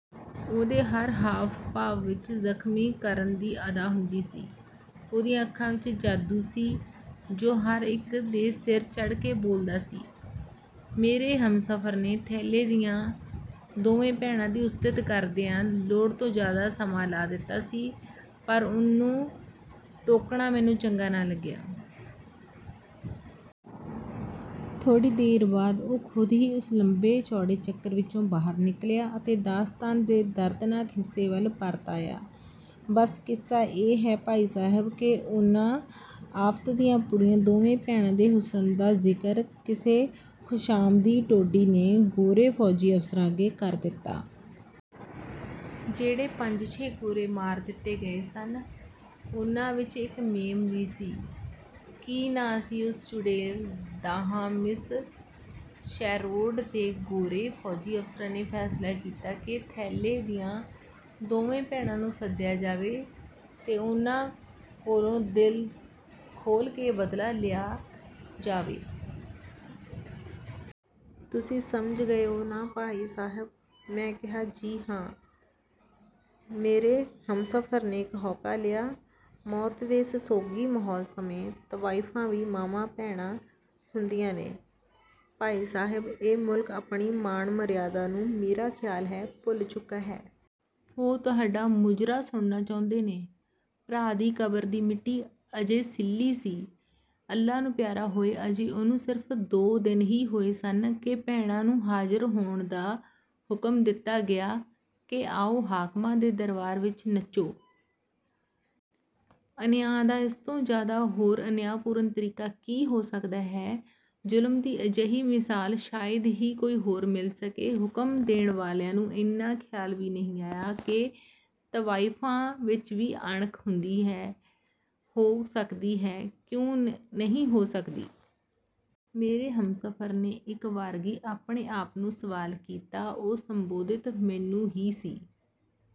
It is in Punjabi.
ਉਹਦੇ ਹਰ ਹਾਵ-ਭਾਵ ਵਿੱਚ ਜ਼ਖ਼ਮੀ ਕਰਨ ਦੀ ਅਦਾ ਹੁੰਦੀ ਸੀ। ਉਹਦੀਆਂ ਅੱਖਾਂ ਵਿੱਚ ਜਾਦੂ ਸੀ, ਜੋ ਹਰ ਇੱਕ ਦੇ ਸਿਰ ਚੜ੍ਹ ਕੇ ਬੋਲਦਾ ਸੀ। "ਮੇਰੇ ਹਮਸਫ਼ਰ ਨੇ ਥੈਲੇ ਦੀਆਂ ਦੋਵੇਂ ਭੈਣਾਂ ਦੀ ਉਸਤਤ ਕਰਦਿਆਂ ਲੋੜ ਤੋਂ ਜ਼ਿਆਦਾ ਸਮਾਂ ਲਾ ਦਿੱਤਾ ਸੀ ਪਰ ਉਹਨੂੰ ਟੋਕਣਾ ਮੈਨੂੰ ਚੰਗਾ ਨਾ ਲੱਗਿਆ। ਥੋੜ੍ਹੀ ਦੇਰ ਬਾਅਦ ਉਹ ਖ਼ੁਦ ਹੀ ਉਸ ਲੰਬੇ-ਚੌੜੇ ਚੱਕਰ ਵਿੱਚੋਂ ਬਾਹਰ ਨਿਕਲਿਆ ਅਤੇ ਦਾਸਤਾਨ ਦੇ ਦਰਦਨਾਕ ਹਿੱਸੇ ਵੱਲ ਪਰਤ ਆਇਆ। "ਬਸ ਕਿੱਸਾ ਇਹ ਹੈ ਭਾਈ ਸਾਹਿਬ ਕਿ ਉਨ੍ਹਾਂ ਆਫ਼ਤ ਦੀਆਂ ਪੁੜੀਆਂ ਦੋਵੇਂ ਭੈਣਾਂ ਦੇ ਹੁਸਨ ਦਾ ਜ਼ਿਕਰ ਕਿਸੇ ਖ਼ੁਸ਼ਾਮਦੀ ਟੋਡੀ ਨੇ ਗੋਰੇ ਫ਼ੌਜੀ ਅਫ਼ਸਰਾਂ ਅੱਗੇ ਕਰ ਦਿੱਤਾ। ਜਿਹੜੇ ਪੰਜ-ਛੇ ਗੋਰੇ ਮਾਰ ਦਿੱਤੇ ਗਏ ਸਨ, ਉਨ੍ਹਾਂ ਵਿੱਚ ਇੱਕ ਮੇਮ ਵੀ ਸੀ ਕੀ ਨਾਂ ਸੀ ਉਸ ਚੁੜੇਲ ਦਾਹਾਂ ਮਿਸ ਸ਼ੈਰੋਡ ਤੇ ਗੋਰੇ ਫ਼ੌਜੀ ਅਫ਼ਸਰਾਂ ਨੇ ਫ਼ੈਸਲਾ ਕੀਤਾ ਕਿ ਥੈਲੇ ਦੀਆਂ ਦੋਵੇਂ ਭੈਣਾਂ ਨੂੰ ਸੱਦਿਆ ਜਾਵੇ ਤੇ ਉਨ੍ਹਾਂ ਕੋਲੋਂ ਦਿਲ ਖੋਲ੍ਹ ਕੇ ਬਦਲਾ ਲਿਆ ਜਾਵੇ। ਤੁਸੀਂ ਸਮਝ ਗਏ ਓ ਨਾ ਭਾਈ ਸਾਹਿਬ?" ਮੈਂ ਕਿਹਾ, "ਜੀ ਹਾਂ।" ਮੇਰੇ ਹਮਸਫ਼ਰ ਨੇ ਇੱਕ ਹਉਕਾ ਲਿਆ, "ਮੌਤ ਦੇ ਇਸ ਸੋਗੀ ਮਾਹੌਲ ਸਮੇਂ ਤਵਾਇਫ਼ਾਂ ਵੀ ਮਾਵਾਂ, ਭੈਣਾਂ ਹੁੰਦੀਆਂ ਨੇ। ਭਾਈ ਸਾਹਿਬ, ਇਹ ਮੁਲਕ ਆਪਣੀ ਮਾਣ-ਮਰਿਆਦਾ ਨੂੰ ਮੇਰਾ ਖ਼ਿਆਲ ਹੈ ਭੁੱਲ ਚੁੱਕਾ ਹੈ। ਉਹ ਤੁਹਾਡਾ ਮੁਜਰਾ ਸੁਣਨਾ ਚਾਹੁੰਦੇ ਨੇ। ਭਰਾ ਦੀ ਕਬਰ ਦੀ ਮਿੱਟੀ ਵੀ ਅਜੇ ਸਿੱਲ੍ਹੀ ਸੀ। ਅੱਲ੍ਹਾ ਨੂੰ ਪਿਆਰਾ ਹੋਏ ਅਜੇ ਉਹਨੂੰ ਸਿਰਫ਼ ਦੋ ਦਿਨ ਹੀ ਹੋਏ ਸਨ ਕਿ ਭੈਣਾਂ ਨੂੰ ਹਾਜ਼ਰ ਹੋਣ ਦਾ ਹੁਕਮ ਦੇ ਦਿੱਤਾ ਗਿਆ ਕਿ ਆਓ, ਹਾਕਮਾਂ ਦੇ ਦਰਬਾਰ ਵਿੱਚ ਨੱਚੋ। ਅਨਿਆਂ ਦਾ ਇਸ ਤੋਂ ਜ਼ਿਆਦਾ ਹੋਰ ਅਨਿਆਂਪੂਰਨ ਤਰੀਕਾ ਕੀ ਹੋ ਸਕਦਾ ਹੈ। ਜ਼ੁਲਮ ਦੀ ਅਜਿਹੀ ਮਿਸਾਲ ਸ਼ਾਇਦ ਹੀ ਕੋਈ ਹੋਰ ਮਿਲ ਸਕੇ। ਹੁਕਮ ਦੇਣ ਵਾਲਿਆਂ ਨੂੰ ਏਨਾ ਖਿਆਲ ਵੀ ਨਹੀਂ ਆਇਆ ਕਿ ਤਵਾਇਫ਼ਾਂ ਵਿੱਚ ਵੀ ਅਣਖ ਹੁੰਦੀ ਹੈ, ਹੋ ਸਕਦੀ ਹੈ, ਕਿਉਂ ਨਹੀਂ ਹੋ ਸਕਦੀ?" ਮੇਰੇ ਹਮਸਫ਼ਰ ਨੇ ਇੱਕ ਵਾਰਗੀ ਆਪਣੇ ਆਪ ਨੂੰ ਸਵਾਲ ਕੀਤਾ ਪਰ ਉਹ ਸੰਬੋਧਤ ਮੈਨੂੰ ਹੀ ਸੀ।